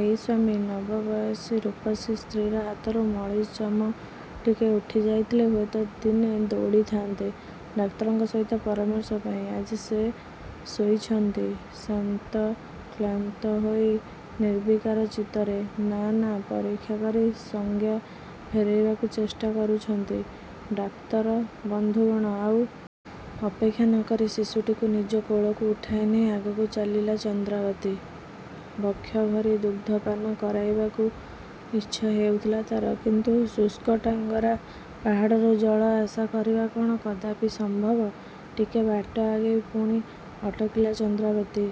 ଏଇ ସ୍ୱାମୀ ନବବୟସୀ ରୂପସୀ ସ୍ତ୍ରୀର ହାତରୁ ମଳି ଚମଟିକେ ଉଠି ଯାଇଥିଲେ, ହୁଏତ ଦିନେ ଦୌଡ଼ିଥାନ୍ତେ ଡାକ୍ତରଙ୍କ ସହିତ ପରାମର୍ଶ ପାଇଁ। ଆଜି ସେ ଶୋଇଛନ୍ତି ଶ୍ରାନ୍ତ, କ୍ଳାନ୍ତ ହୋଇ ନିର୍ବିକାର ଚିତ୍ତରେ। ନା ନା, ପରୀକ୍ଷା କରି ସଂଜ୍ଞା ଫେରାଇବାକୁ ଚେଷ୍ଟା କରୁଛନ୍ତି ଡାକ୍ତର ବନ୍ଧୁଗଣ। ଆଉ ଅପେକ୍ଷା ନ କରି ଶିଶୁଟିକୁ ନିଜ କୋଳକୁ ଉଠାଇ ନେଇ ଆଗକୁ ଚାଲିଲା ଚନ୍ଦ୍ରାବତୀ। ବକ୍ଷଭରି ଦୁଗ୍ଧପାନ କରାଇବାକୁ ଇଚ୍ଛା ହେଉଥିଲା ତା'ର। କିନ୍ତୁ ଶୁଷ୍କ ଟାଙ୍ଗରା ପାହାଡ଼ରୁ ଜଳ ଆଶା କରିବା କ'ଣ କଦାପି ସମ୍ଭବ? ଟିକେ ବାଟ ଆଗେଇ ପୁଣି ଅଟକିଲା ଚନ୍ଦ୍ରାବତୀ।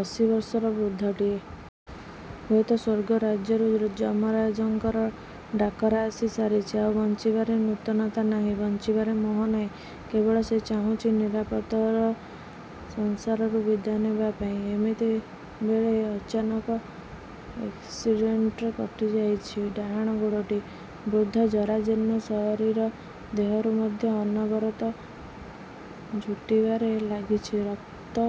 ଅଶୀ ବର୍ଷର ବୃଦ୍ଧଟିଏ। ହୁଏତ ସ୍ୱର୍ଗ ରାଜ୍ୟରୁ ଯମରାଜଙ୍କର ଡାକରା ଆସି ସାରିଛି। ଆଉ ବଞ୍ଚିବାରେ ନୂତନତା ନାହିଁ ବଞ୍ଚିବାରେ ମୋହ ନାହିଁ। କେବଳ ସେ ଚାହୁଁଛି ନିରାପଦରେ ସଂସାରରୁ ବିଦାୟ ନେବା ପାଇଁ। ଏମିତି ବେଳେ ଅଚାନକ ଏକ୍ସିଡେଣ୍ଟରେ କଟିଯାଇଛି ଡାହାଣ ଗୋଡ଼ଟି। ବୃଦ୍ଧ, ଜରାଜୀର୍ଣ୍ଣ ଶରୀର ଦେହରୁ ମଧ୍ୟ ଅନବରତ ଛୁଟିବାରେ ଲାଗିଛି ରକ୍ତ।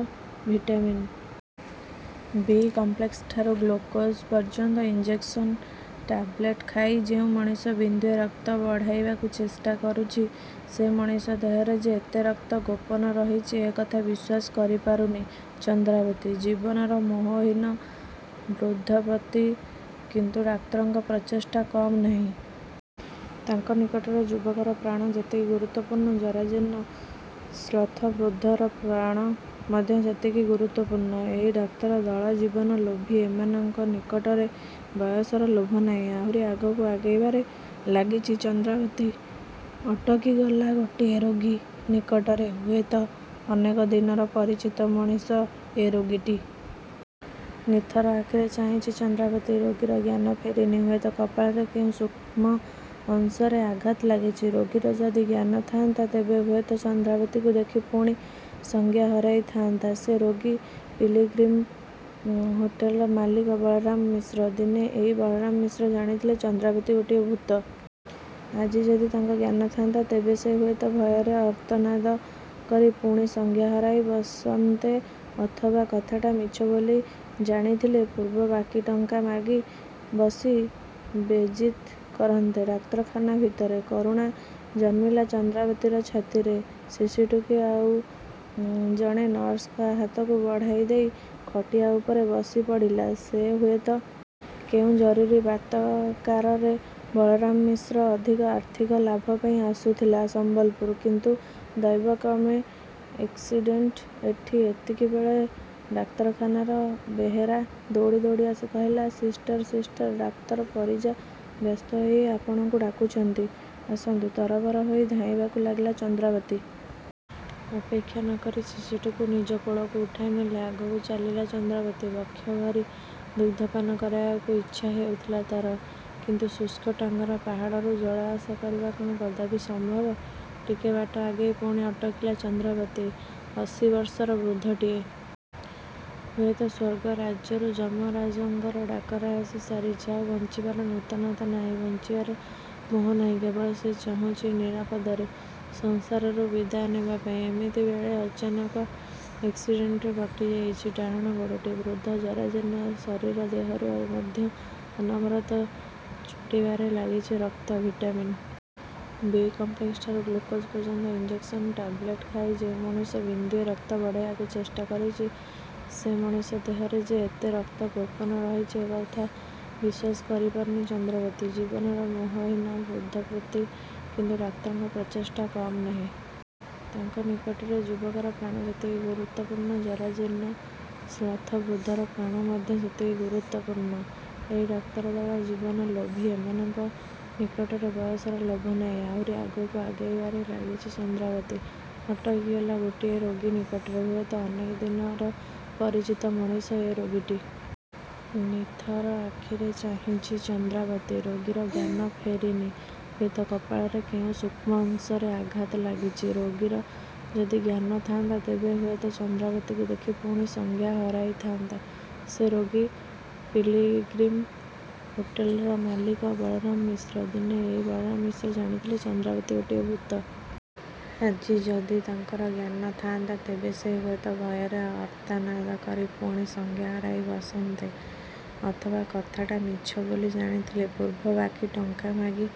ଭିଟାମିନ ବି କମ୍ପ୍ଲେକ୍ସଠାରୁ ଗ୍ଲୁକୋଜ ପର୍ଯ୍ୟନ୍ତ ଇଞ୍ଜେକ୍ସନ, ଟାବ୍ଲେଟ ଖାଇ ଯେଉଁ ମଣିଷ ବିନ୍ଦୁଏ ରକ୍ତ ବଢ଼ାଇବାକୁ ଚେଷ୍ଟା କରୁଛି, ସେ ମଣିଷ ଦେହରେ ଯେ ଏତେ ରକ୍ତ ଗୋପନ ରହିଛି ଏ କଥା ବିଶ୍ୱାସ କରିପାରୁନି ଚନ୍ଦ୍ରାବତୀ। ଜୀବନର ମୋହହୀନ ବୃଦ୍ଧ ପ୍ରତି କିନ୍ତୁ ଡାକ୍ତରଙ୍କ ପ୍ରଚେଷ୍ଟା କମ୍ ନାହିଁ। ତାଙ୍କ ନିକଟରେ ଯୁବକର ପ୍ରାଣ ଯେତିକି ଗୁରୁତ୍ୱପୂର୍ଣ୍ଣ, ଜରାଜୀର୍ଣ୍ଣ, ଶ୍ଳଥ ବୃଦ୍ଧର ପ୍ରାଣ ମଧ୍ୟ ସେତିକି ଗୁରୁତ୍ୱପୂର୍ଣ୍ଣ। ଏଇ ଡାକ୍ତର ଦଳ ଜୀବନ ଲୋଭୀ ଏମାନଙ୍କ ନିକଟରେ ବୟସର ଲୋଭ ନାହିଁ। ଆହୁରି ଆଗକୁ ଆଗେଇବାରେ ଲାଗିଛି ଚନ୍ଦ୍ରାବତୀ। ଅଟକିଗଲା ଗୋଟିଏ ରୋଗୀ ନିକଟରେ। ହୁଏତ ଅନେକ ଦିନର ପରିଚିତ ମଣିଷ ଏ ରୋଗୀଟି। ନିଥର ଆଖିରେ ଚାହିଁଛି ଚନ୍ଦ୍ରାବତୀ। ରୋଗୀର ଜ୍ଞାନ ଫେରିନି। ହୁଏତ କପାଳରେ କେଉଁ ସୂକ୍ଷ୍ମ ଅଂଶରେ ଆଘାତ ଲାଗିଛି। ରୋଗୀର ଯଦି ଜ୍ଞାନ ଥାନ୍ତା, ତେବେ ହୁଏତ ଚନ୍ଦ୍ରାବତୀକୁ ଦେଖି ପୁଣି ସଂଜ୍ଞା ହରାଇଥାନ୍ତା ସେ ରୋଗୀ। ପିଲ୍ଗ୍ରୀମ ହୋଟେଲର ମାଲିକ ବଳରାମ ମିଶ୍ର। ଦିନେ ଏଇ ବଳରାମ ମିଶ୍ର ଜାଣିଥିଲେ ଚନ୍ଦ୍ରାବତୀ ଗୋଟିଏ ଭୂତ। ଆଜି ଯଦି ତାଙ୍କର ଜ୍ଞାନ ଥାନ୍ତା ତେବେ ସେ ହୁଏତ ଭୟରେ ଆର୍ତ୍ତନାଦ କରି ପୁଣି ସଂଜ୍ଞା ହରାଇ ବସନ୍ତେ ଅଥବା କଥାଟା ମିଛ ବୋଲି ଜାଣିଥିଲେ, ପୂର୍ବ ବାକି ଟଙ୍କା ମାଗି ବସି ବେଜିତ କରନ୍ତେ ଡାକ୍ତରଖାନା ଭିତରେ। କରୁଣା ଜନ୍ମିଲା ଚନ୍ଦ୍ରାବତୀର ଛାତିରେ। ଶିଶୁଟିକୁ ଆଉ ଜଣେ ନର୍ସଙ୍କ ହାତକୁ ବଢ଼ାଇ ଦେଇ ଖଟିଆ ଉପରେ ବସି ପଡ଼ିଲା ସେ। ହୁଏତ କେଉଁ ଜରୁରୀ ବତକାରରେ ବଳରାମ ମିଶ୍ର ଅଧିକ ଆର୍ଥିକ ଲାଭ ପାଇଁ ଆସୁଥିଲା ସମ୍ବଲପୁର। କିନ୍ତୁ ଦୈବକ୍ରମେ ଏକ୍ସିଡେଣ୍ଟ। ଠିକ୍ ଏତିକିବେଳେ ଡାକ୍ତରଖାନାର ବେହେରା ଦୌଡ଼ି ଦୌଡ଼ି ଆସି କହିଲା“ସିଷ୍ଟର, ସିଷ୍ଟର! ଡାକ୍ତର ପରିଜା ବ୍ୟସ୍ତ ହୋଇ ଆପଣଙ୍କୁ ଡାକୁଛନ୍ତି। ଆସନ୍ତୁ।”ତରବର ହୋଇ ଧାଇଁବାକୁ ଲାଗିଲା ଚନ୍ଦ୍ରାବତୀ। ଅପେକ୍ଷା ନ କରି ଶିଶୁଟିକୁ ନିଜ କୋଳକୁ ଉଠାଇ ନେଇ ଆଗକୁ ଚାଲିଲା ଚନ୍ଦ୍ରାବତୀ। ବକ୍ଷଭରି ଦୁଗ୍ଧପାନ କରାଇବାକୁ ଇଚ୍ଛା ହେଉଥିଲା ତା'ର। କିନ୍ତୁ ଶୁଷ୍କ ଟାଙ୍ଗରା ପାହାଡ଼ରୁ ଜଳ ଆଶା କରିବା କ'ଣ କଦାପି ସମ୍ଭବ? ଟିକେ ବାଟ ଆଗେଇ ପୁଣି ଅଟକିଲା ଚନ୍ଦ୍ରାବତୀ। ଅଶୀ ବର୍ଷର ବୃଦ୍ଧଟିଏ। ହୁଏତ ସ୍ୱର୍ଗ ରାଜ୍ୟରୁ ଯମରାଜଙ୍କର ଡାକରା ଆସି ସାରିଛି। ଆଉ ବଞ୍ଚିବାରେ ନୂତନତା ନାହିଁ ବଞ୍ଚିବାରେ ମୋହ ନାହିଁ। କେବଳ ସେ ଚାହୁଁଛି ନିରାପଦରେ ସଂସାରରୁ ବିଦାୟ ନେବା ପାଇଁ। ଏମିତି ବେଳେ ଅଚାନକ ଏକ୍ସିଡେଣ୍ଟରେ କଟିଯାଇଛି ଡାହାଣ ଗୋଡ଼ଟି। ବୃଦ୍ଧ, ଜରାଜୀର୍ଣ୍ଣ ଶରୀର ଦେହରୁ ମଧ୍ୟ ଅନବରତ ଛୁଟିବାରେ ଲାଗିଛି ରକ୍ତ। ଭିଟାମିନ ବି କମ୍ପ୍ଲେକ୍ସଠାରୁ ଗ୍ଲୁକୋଜ ପର୍ଯ୍ୟନ୍ତ ଇଞ୍ଜେକ୍ସନ, ଟାବ୍ଲେଟ ଖାଇ ଯେଉଁ ମଣିଷ ବିନ୍ଦୁଏ ରକ୍ତ ବଢ଼ାଇବାକୁ ଚେଷ୍ଟା କରୁଛି, ସେ ମଣିଷ ଦେହରେ ଯେ ଏତେ ରକ୍ତ ଗୋପନ ରହିଛି ଏ କଥା ବିଶ୍ୱାସ କରିପାରୁନି ଚନ୍ଦ୍ରାବତୀ। ଜୀବନର ମୋହହୀନ ବୃଦ୍ଧ ପ୍ରତି କିନ୍ତୁ ଡାକ୍ତରଙ୍କ ପ୍ରଚେଷ୍ଟା କମ୍ ନାହିଁ। ତାଙ୍କ ନିକଟରେ ଯୁବକର ପ୍ରାଣ ଯେତିକି ଗୁରୁତ୍ୱପୂର୍ଣ୍ଣ, ଜରାଜୀର୍ଣ୍ଣ, ଶ୍ଳଥ ବୃଦ୍ଧର ପ୍ରାଣ ମଧ୍ୟ ସେତିକି ଗୁରୁତ୍ୱପୂର୍ଣ୍ଣ। ଏଇ ଡାକ୍ତର ଦଳ ଜୀବନ ଲୋଭୀ ଏମାନଙ୍କ ନିକଟରେ ବୟସର ଲୋଭ ନାହିଁ। ଆହୁରି ଆଗକୁ ଆଗେଇବାରେ ଲାଗିଛି ଚନ୍ଦ୍ରାବତୀ। ଅଟକିଗଲା ଗୋଟିଏ ରୋଗୀ ନିକଟରେ। ହୁଏତ ଅନେକ ଦିନର ପରିଚିତ ମଣିଷ ଏ ରୋଗୀଟି। ନିଥର ଆଖିରେ ଚାହିଁଛି ଚନ୍ଦ୍ରାବତୀ। ରୋଗୀର ଜ୍ଞାନ ଫେରିନି। ହୁଏତ କପାଳରେ କେଉଁ ସୂକ୍ଷ୍ମ ଅଂଶରେ ଆଘାତ ଲାଗିଛି। ରୋଗୀର ଯଦି ଜ୍ଞାନ ଥାନ୍ତା, ତେବେ ହୁଏତ ଚନ୍ଦ୍ରାବତୀକୁ ଦେଖି ପୁଣି ସଂଜ୍ଞା ହରାଇଥାନ୍ତା ସେ ରୋଗୀ। ପିଲ୍ଗ୍ରୀମ ହୋଟେଲର ମାଲିକ ବଳରାମ ମିଶ୍ର। ଦିନେ ଏଇ ବଳରାମ ମିଶ୍ର ଜାଣିଥିଲେ ଚନ୍ଦ୍ରାବତୀ ଗୋଟିଏ ଭୂତ। ଆଜି ଯଦି ତାଙ୍କର ଜ୍ଞାନ ଥାନ୍ତା ତେବେ ସେ ହୁଏତ ଭୟରେ ଆର୍ତ୍ତନାଦ କରି ପୁଣି ସଂଜ୍ଞା ହରାଇ ବସନ୍ତେ ଅଥବା କଥାଟା ମିଛ ବୋଲି ଜାଣିଥିଲେ, ପୂର୍ବ ବାକି ଟଙ୍କା ମାଗି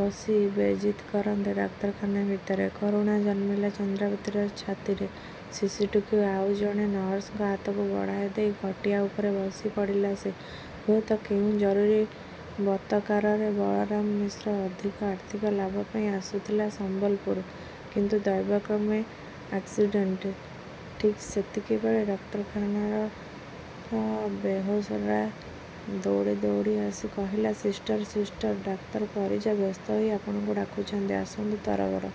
ବସି ବେଜିତ କରନ୍ତେ ଡାକ୍ତରଖାନା ଭିତରେ। କରୁଣା ଜନ୍ମିଲା ଚନ୍ଦ୍ରାବତୀର ଛାତିରେ। ଶିଶୁଟିକୁ ଆଉ ଜଣେ ନର୍ସଙ୍କ ହାତକୁ ବଢ଼ାଇ ଦେଇ ଖଟିଆ ଉପରେ ବସି ପଡ଼ିଲା ସେ। ହୁଏତ କେଉଁ ଜରୁରୀ ବତକାରରେ ବଳରାମ ମିଶ୍ର ଅଧିକ ଆର୍ଥିକ ଲାଭ ପାଇଁ ଆସୁଥିଲା ସମ୍ବଲପୁର। କିନ୍ତୁ ଦୈବକ୍ରମେ ଏକ୍ସିଡେଣ୍ଟ। ଠିକ୍ ଏତିକିବେଳେ ଡାକ୍ତରଖାନାର ବେହେରା ଦୌଡ଼ି ଦୌଡ଼ି ଆସି କହିଲା“ସିଷ୍ଟର, ସିଷ୍ଟର! ଡାକ୍ତର ପରିଜା ବ୍ୟସ୍ତ ହୋଇ ଆପଣଙ୍କୁ ଡାକୁଛନ୍ତି। ଆସନ୍ତୁ।”ତରବର